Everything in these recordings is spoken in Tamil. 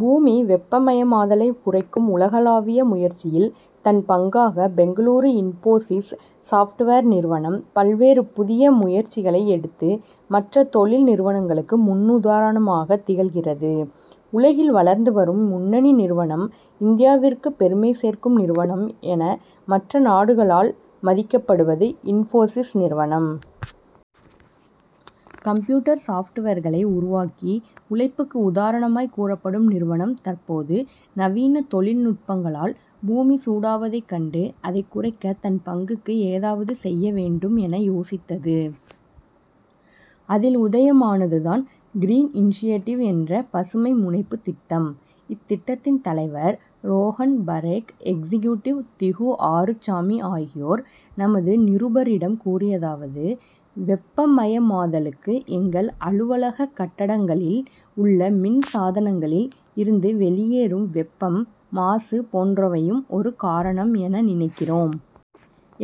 பூமி வெப்பமயமாதலை குறைக்கும் உலகளாவிய முயற்சியில் தன் பங்காக பெங்களூரு இன்போசிஸ் சாப்ட்வேர் நிறுவனம் பல்வேறு புதிய முயற்சிகளை எடுத்து. மற்ற தொழில் நிறுவனங்களுக்கு முன்னுதாரணமாக திகழ்கிறது. உலகில் வளர்ந்து வரும் முன்னணி நிறுவனம் இந்தியாவிற்கு பெருமை சேர்க்கும் நிறுவனம் என மற்ற நாடுகளால் மதிக்கப்படுவது இன்போசிஸ் நிறுவனம். கம்ப்யூட்டர் சாப்ட்வேர்களை உருவாக்கி உழைப்புக்கு உதாரணமாய் கூறப்படும் நிறுவனம் தற்போது நவீன தொழில்நுட்பங்களால் பூமி சூடாவதைக் கண்டு அதைக் குறைக்க தன் பங்குக்கு ஏதாவது செய்ய வேண்டும் என யோசித்தது. அதில் உதயமானது தான் கிரீன் இனிஷியேட்டிவ் என்ற பசுமை முனைப்பு திட்டம். இத்திட்டத்தின் தலைவர் ரோஹன் பரேக் எக்ஸ்கியூட்டிவ் திகு ஆறுச்சாமி ஆகியோர் நமது நிருபரிடம் கூறியதாவது வெப்பமயமாதலுக்கு எங்கள் அலுவலக கட்டடங்களில் உள்ள மின் சாதனங்களில் இருந்து வெளியேறும் வெப்பம் மாசு போன்றவையும் ஒரு காரணம் என நினைக்கிறோம்.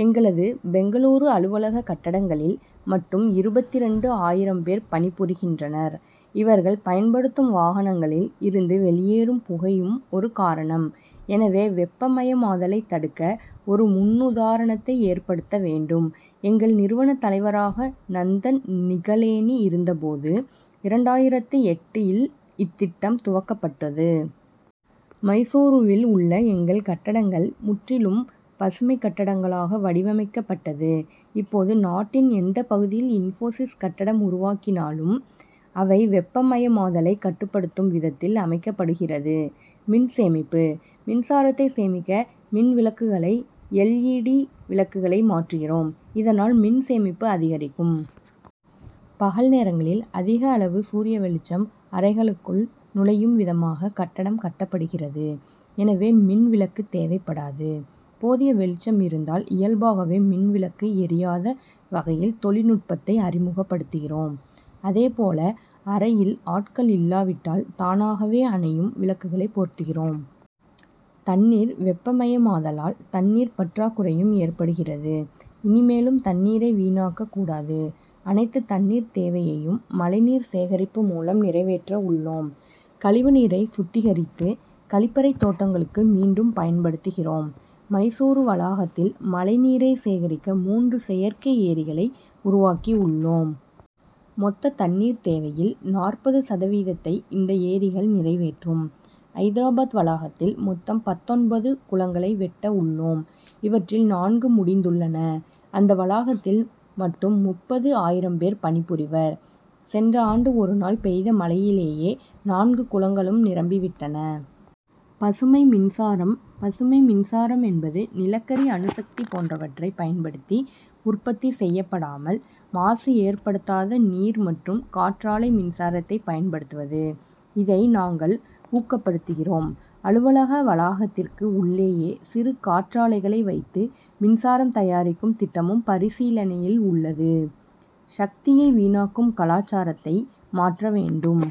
எங்களது பெங்களூரு அலுவலக கட்டடங்களில் மட்டும் இருபத்திரண்டு ஆயிரம் பேர் பணிபுரிகின்றனர். இவர்கள் பயன்படுத்தும் வாகனங்களில் இருந்து வெளியேறும் புகையும் ஒரு காரணம். எனவே வெப்பமயமாதலை தடுக்க ஒரு முன்னுதாரணத்தை ஏற்படுத்த வேண்டும். எங்கள் நிறுவன தலைவராக நந்தன் நிகலேனி இருந்தபோது இரண்டாயிரத்து எட்டு இல் இத்திட்டம் துவக்கப் பட்டது. மைசூருவில் உள்ள எங்கள் கட்டடங்கள் முற்றிலும் பசுமை கட்டடங்களாக வடிவமைக்கப் பட்டது. இப்போது நாட்டின் எந்த பகுதியில் இன்போசிஸ் கட்டடம் உருவாக்கினாலும் அவை வெப்பமயமாதலை கட்டுப்படுத்தும் விதத்தில் அமைக்கப்படுகிறது. மின் சேமிப்பு: மின்சாரத்தை சேமிக்க மின் விளக்குகளை எல். இ. டி. விளக்குகளை மாற்றுகிறோம். இதனால் மின் சேமிப்பு அதிகரிக்கும். பகல் நேரங்களில் அதிக அளவு சூரிய வெளிச்சம் அறைகளுக்குள் நுழையும் விதமாக கட்டடம் கட்டப்படுகிறது எனவே மின் விளக்கு தேவைப்படாது. போதிய வெளிச்சம் இருந்தால் இயல்பாகவே மின்விளக்கு எரியாத வகையில் தொழில்நுட்பத்தை அறிமுகப்படுத்துகிறோம். அதே போல அறையில் ஆட்கள் இல்லாவிட்டால் தானாகவே அணையும் விளக்குகளை பொருத்துகிறோம். தண்ணீர் வெப்பமயமாதலால் தண்ணீர் பற்றாகுறையும் ஏற்படுகிறது. இனிமேலும் தண்ணீரை வீணாக்க கூடாது. அனைத்து தண்ணீர் தேவையையும் மழை நீர் சேகரிப்பு மூலம் நிறைவேற்ற உள்ளோம். கழிவு நீரை சுத்திகரித்து, கழிப்பறை தோட்டங்களுக்கு மீண்டும் பயன்படுத்துகிறோம். மைசூரு வளாகத்தில் மழை நீரை சேகரிக்க மூன்று செயற்கை ஏரிகளை உருவாக்கி உள்ளோம். மொத்த தண்ணீர் தேவையில் நாற்பது சதவீதத்தை இந்த ஏரிகள் நிறைவேற்றும். ஐதராபாத் வளாகத்தில் மொத்தம் பத்தொன்பது குளங்களை வெட்ட உள்ளோம். இவற்றில் நான்கு முடிந்துள்ளன. அந்த வளாகத்தில் மட்டும் முப்பது ஆயிரம் பேர் பணிபுரிவர். சென்ற ஆண்டு ஒரு நாள் பெய்த மழையிலேயே நான்கு குளங்களும் நிரம்பி விட்டன. பசுமை மின்சாரம் பசுமை மின்சாரம் என்பது, நிலக்கரி அணுசக்தி போன்றவற்றை பயன்படுத்தி உற்பத்தி செய்யப்படாமல் மாசு ஏற்படுத்தாத நீர் மற்றும் காற்றாலை மின்சாரத்தை பயன்படுத்துவது. இதை நாங்கள் ஊக்கப்படுத்துகிறோம். அலுவலக வளாகத்திற்கு உள்ளேயே சிறு காற்றாலைகளை வைத்து மின்சாரம் தயாரிக்கும் திட்டமும் பரிசீலனையில் உள்ளது. சக்தியை வீணாக்கும் கலாசாரத்தை மாற்ற வேண்டும்.